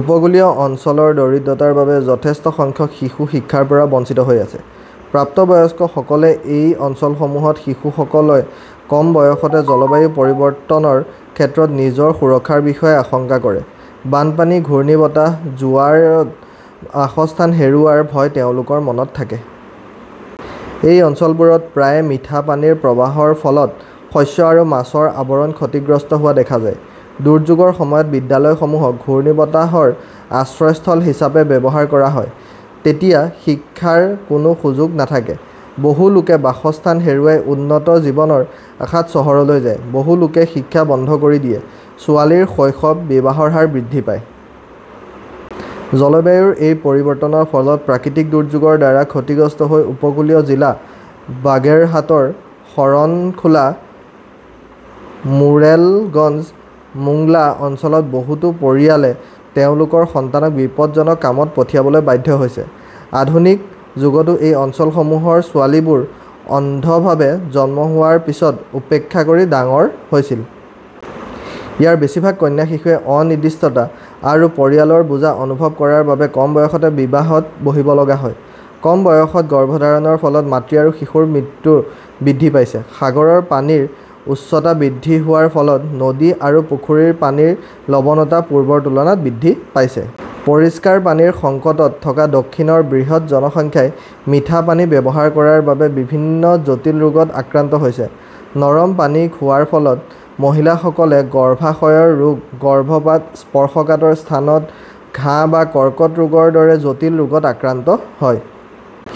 উপকূলীয় অঞ্চলৰ দৰিদ্ৰতাৰ বাবে যথেষ্ট সংখ্যক শিশু শিক্ষাৰ পৰা বঞ্চিত হৈ আছে। প্ৰাপ্তবয়স্কসকলৰ লগতে এই অঞ্চলসমূহৰ শিশুসকলে কম বয়সতে জলবায়ু পৰিৱৰ্তনৰ ক্ষেত্ৰত নিজৰ সুৰক্ষাৰ বিষয়ে আশংকা কৰে। বানপানী, ঘূৰ্ণীবতাহ, জোৱাৰত বাসস্থান হেৰুওৱাৰ ভয় তেওঁলোকৰ মনত থাকে। এই অঞ্চলবোৰত প্ৰায়ে মিঠা পানীৰ প্ৰৱাহৰ ফলত শস্য আৰু মাছৰ আৱৰণ ক্ষতিগ্ৰস্ত হোৱা দেখা যায়। দুৰ্যোগৰ সময়ত বিদ্যালয়সমূহক ঘূৰ্ণীবতাহৰ আশ্ৰয়স্থল হিচাপে ব্যৱহাৰ কৰা হয়। তেতিয়া শিক্ষাৰ কোনো সুযোগ নাথাকে। বহু লোকে বাসস্থান হেৰুৱাই উন্নত জীৱনৰ আশাত চহৰলৈ যায়, বহু লোকে শিক্ষা বন্ধ কৰি দিয়ে, ছোৱালীৰ শৈশৱ, বিবাহৰ হাৰ বৃদ্ধি পায়। জলবায়ুৰ এই পৰিৱৰ্তনৰ ফলত প্ৰাকৃতিক দুৰ্যোগৰ দ্বাৰা ক্ষতিগ্ৰস্ত উপকূলীয় জিলা বাগেৰহাটৰ শৰণখোলা, মোৰেলগঞ্জ, মোংলা অঞ্চলৰ বহুতো পৰিয়ালে তেওঁলোকৰ সন্তানক বিপদজনক কামত পঠিয়াবলৈ বাধ্য হৈছে। আধুনিক যুগতো এই অঞ্চলসমূহৰ ছোৱালীবোৰ অন্ধভাৱে জন্ম হোৱাৰ পিছত উপেক্ষা কৰি ডাঙৰ হৈছিল। ইয়াৰ বেছিভাগ কন্যা শিশুৱে অনিৰ্দিষ্টতা আৰু পৰিয়ালৰ বোজা অনুভৱ কৰাৰ বাবে কম বয়সতে বিবাহত বহিব লগা হয়। কম বয়সৰ গৰ্ভধাৰণৰ ফলত মাতৃ আৰু শিশুৰ মৃত্যু বৃদ্ধি পাইছে। সাগৰৰ পানীৰ উচ্চতা বৃদ্ধি হোৱাৰ ফলত নদী আৰু পুখুৰীৰ পানীৰ লবনতা পূৰ্বৰ তুলনাত বৃদ্ধি পাইছে। পৰিষ্কাৰ পানীৰ সংকটত থকা দক্ষিণৰ বৃহৎ জনসংখ্যাই মিঠা পানী ব্যৱহাৰ কৰাৰ বাবে বিভিন্ন জটিল ৰোগত আক্ৰান্ত হৈছে। নৰম পানী খোৱাৰ ফলত মহিলাসকলে গৰ্ভাশয়ৰ ৰোগ, গৰ্ভপাত, স্পৰ্শকাতৰ স্থানৰ ঘাঁ বা কৰ্কট ৰোগৰ দৰে জটিল ৰোগত আক্ৰান্ত হয়।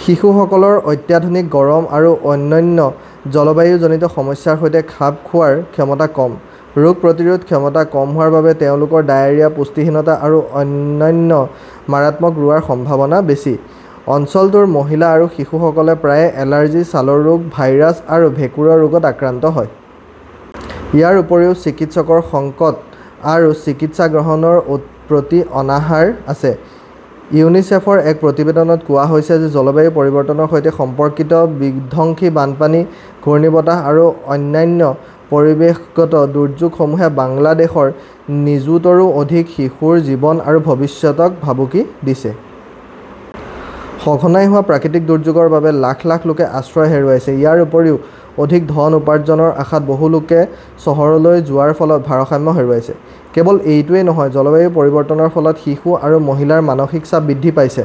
শিশুসকলৰ অত্যাধিক গৰম আৰু অন্যান্য জলবায়ুজনিত সমস্যাৰ সৈতে খাপ খোৱাৰ ক্ষমতা কম। ৰোগ প্ৰতিৰোধ ক্ষমতা কম হোৱাৰ বাবে তেওঁলোকৰ ডায়েৰিয়া, পুষ্টিহীনতা আৰু অন্যান্য মাৰাত্মক ৰোগ হোৱাৰ সম্ভাৱনা অধিক। অঞ্চলটোৰ মহিলা আৰু শিশুসকল প্ৰায়ে এলাৰ্জি, ছালৰ ৰোগ, ভাইৰাছ আৰু ভেঁকুৰৰ ৰোগত আক্ৰান্ত হয়। ইয়াৰ উপৰিও চিকিৎসকৰ সংকট আৰু চিকিৎসা গ্ৰহণৰ প্ৰতি অনাহাৰ আছে। ইউনিচেফৰ এক প্ৰতিবেদনত কোৱা হৈছে যে জলবায়ু পৰিৱৰ্তনৰ সৈতে সম্পৰ্কিত বিধ্বংসী বানপানী, ঘূৰ্ণীবতাহ আৰু অন্যান্য পৰিৱেশগত দুৰ্যোগসমূহে বাংলাদেশৰ নিযুতৰো অধিক শিশুৰ জীৱন আৰু ভৱিষ্যতক ভাবুকি দিছে। সঘনাই হোৱা প্ৰাকৃতিক দুৰ্যোগৰ বাবে লাখ লাখ লোকে আশ্ৰয় হেৰুৱাইছে। ইয়াৰ উপৰিও, অধিক ধন উপাৰ্জনৰ আশাত বহু লোকে চহৰলৈ যোৱাৰ ফলত ভাৰসাম্য হেৰুৱাইছে। কেৱল এইটোৱেই নহয়, জলবায়ু পৰিৱৰ্তনৰ ফলত শিশু আৰু মহিলাৰ মানসিক চাপ বৃদ্ধি পাইছে,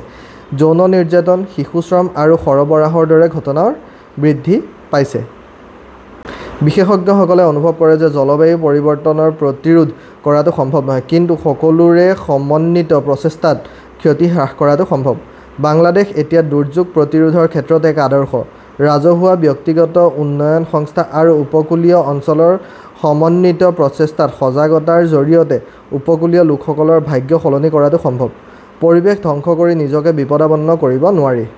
যৌন নিৰ্যাতন, শিশু শ্ৰম আৰু সৰবৰাহৰ দৰে ঘটনা বৃদ্ধি পাইছে। বিশেষজ্ঞসকলে অনুভৱ কৰে যে জলবায়ু পৰিৱৰ্তন প্ৰতিৰোধ কৰাটো সম্ভৱ নহয়, কিন্তু সকলোৰে সমন্বিত প্ৰচেষ্টাত ক্ষতি হ্ৰাস কৰাটো সম্ভৱ। বাংলাদেশ এতিয়া দুৰ্যোগ প্ৰতিৰোধৰ ক্ষেত্ৰত এক আদৰ্শ। ৰাজহুৱা, ব্যক্তিগত উন্নয়ন সংস্থা আৰু উপকূলীয় অঞ্চলৰ সমন্বিত প্ৰচেষ্টাত সজাগতাৰ জৰিয়তে উপকূলীয় লোকসকলৰ ভাগ্য সলনি কৰাটো সম্ভৱ। পৰিৱেশ ধ্বংস কৰি নিজকে বিপদাপন্ন কৰিব নোৱাৰি।